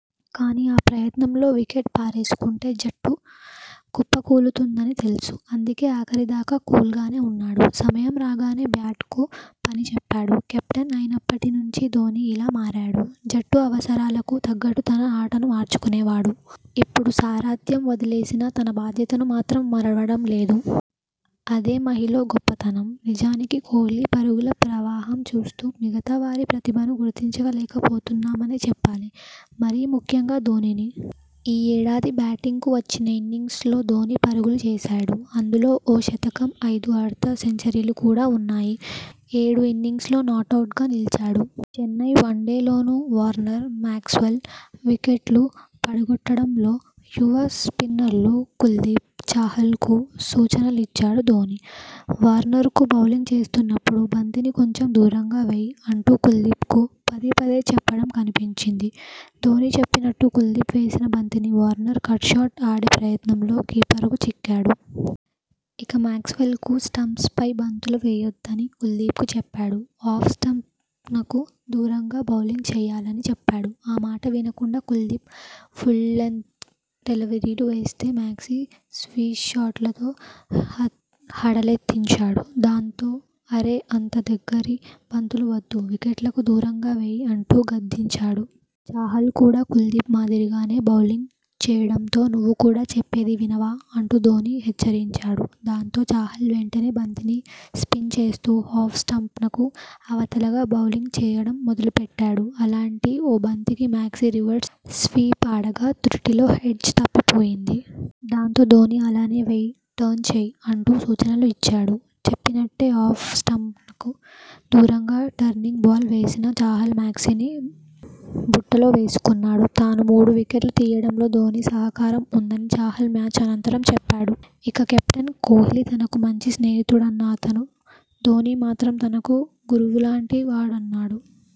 కానీ, ఆ ప్రయత్నంలో వికెట్ పారేసుకుంటే జట్టు కుప్పకూలుతుందని తెలుసు. అందుకే ఆఖరి దాకా కూల్గానే ఉన్నాడు! సమయం రాగానే బ్యాట్కు పని చెప్పాడు. కెప్టెన్ అయినప్పటి నుంచి ధోనీ ఇలా మారాడు. జట్టు అవసరాలకు తగ్గట్టు తన ఆటను మార్చుకునేవాడు. ఇప్పుడు సారథ్యం వదిలేసినా తన బాధ్యతను మాత్రం మరవడం లేదు. అదే మహీలో గొప్పతనం. నిజానికి కోహ్లీ పరుగుల ప్రవాహం చూస్తూ మిగతా వారి ప్రతిభను గుర్తించలేకపోతున్నామనే చెప్పాలి. మరీ ముఖ్యంగా ధోనీని. ఈ ఏడాది బ్యాటింగ్కు వచ్చిన ఇన్నింగ్స్ల్లో ధోనీ పరుగులు చేశాడు. అందులో ఓ శతకం, ఐదు అర్ధ సెంచరీలు కూడా ఉన్నాయి. ఏడు ఇన్నింగ్స్ల్లో నాటౌట్గా నిలిచాడు. చెన్నై వన్డేలోనూ వార్నర్, మాక్స్వెల్ వికెట్లు పడగొట్టడంలో యువ స్పిన్నర్లు కుల్దీప్, చాహల్కు సూచనలిచ్చాడు ధోనీ. వార్నర్కు బౌలింగ్ చేస్తున్నప్పుడు 'బంతిని కొంచెం దూరంగా వెయ్' అంటూ కుల్దీప్కు పదే పదే చెప్పడం కనిపించింది. ధోనీ చెప్పినట్టు కుల్దీప్ వేసిన బంతిని వార్నర్ కట్ షాట్ ఆడే ప్రయత్నంలో కీపర్కు చిక్కాడు. ఇక, మ్యాక్స్వెల్కు స్టంప్స్పై బంతులు వేయొద్దని కుల్దీప్కు చెప్పాడు. ఆఫ్ స్టంప్నకు దూరంగా బౌలింగ్ చేయాలని చెప్పాడు. ఆ మాట వినకుండా కుల్దీప్ ఫుల్లెంగ్త్ డెలివరీలు వేస్తే మాక్సీ స్వీప్షాట్లతో హడలెత్తించాడు. దాంతో, 'అరే అంత దగ్గరి బంతులు వద్దు వికెట్లకు దూరంగా వెయ్' అంటు గద్దించాడు. చాహల్ కూడా కుల్దీప్ మాదిరిగానే బౌలింగ్ చేయడంతో 'నువ్వు కూడా చెప్పేది వినవా? ' అంటూ ధోనీ హెచ్చరించాడు. దాంతో, చాహల్ వెంటనే బంతిని స్పిన్ చేస్తూ ఆఫ్ స్టంప్నకు అవతలగా బౌలింగ్ చేయడం మొదలుపెట్టాడు. అలాంటి ఓ బంతికి మాక్సీ రివర్స్ స్వీప్ ఆడగా తృటిలో ఎడ్జ్ తప్పిపోయింది. దాంతో, ధోనీ 'అలానే వెయ్ టర్న్ చెయ్' అంటూ సూచనలు ఇచ్చాడు. చెప్పినట్టే ఆఫ్ స్టంప్నకు దూరంగా టర్నింగ్ బాల్ వేసిన చాహల్ మాక్సీని బుట్టలోవేసుకున్నాడు. తాను మూడు వికెట్లు తీయడంలో ధోనీ సహకారం ఉందని చాహల్ మ్యాచ్ అనంతరం చెప్పాడు. ఇక, కెప్టెన్ కోహ్లీ తనకు మంచి స్నేహితుడన్న అతను ధోనీ మాత్రం తనకు గురువులాంటి వాడన్నాడు.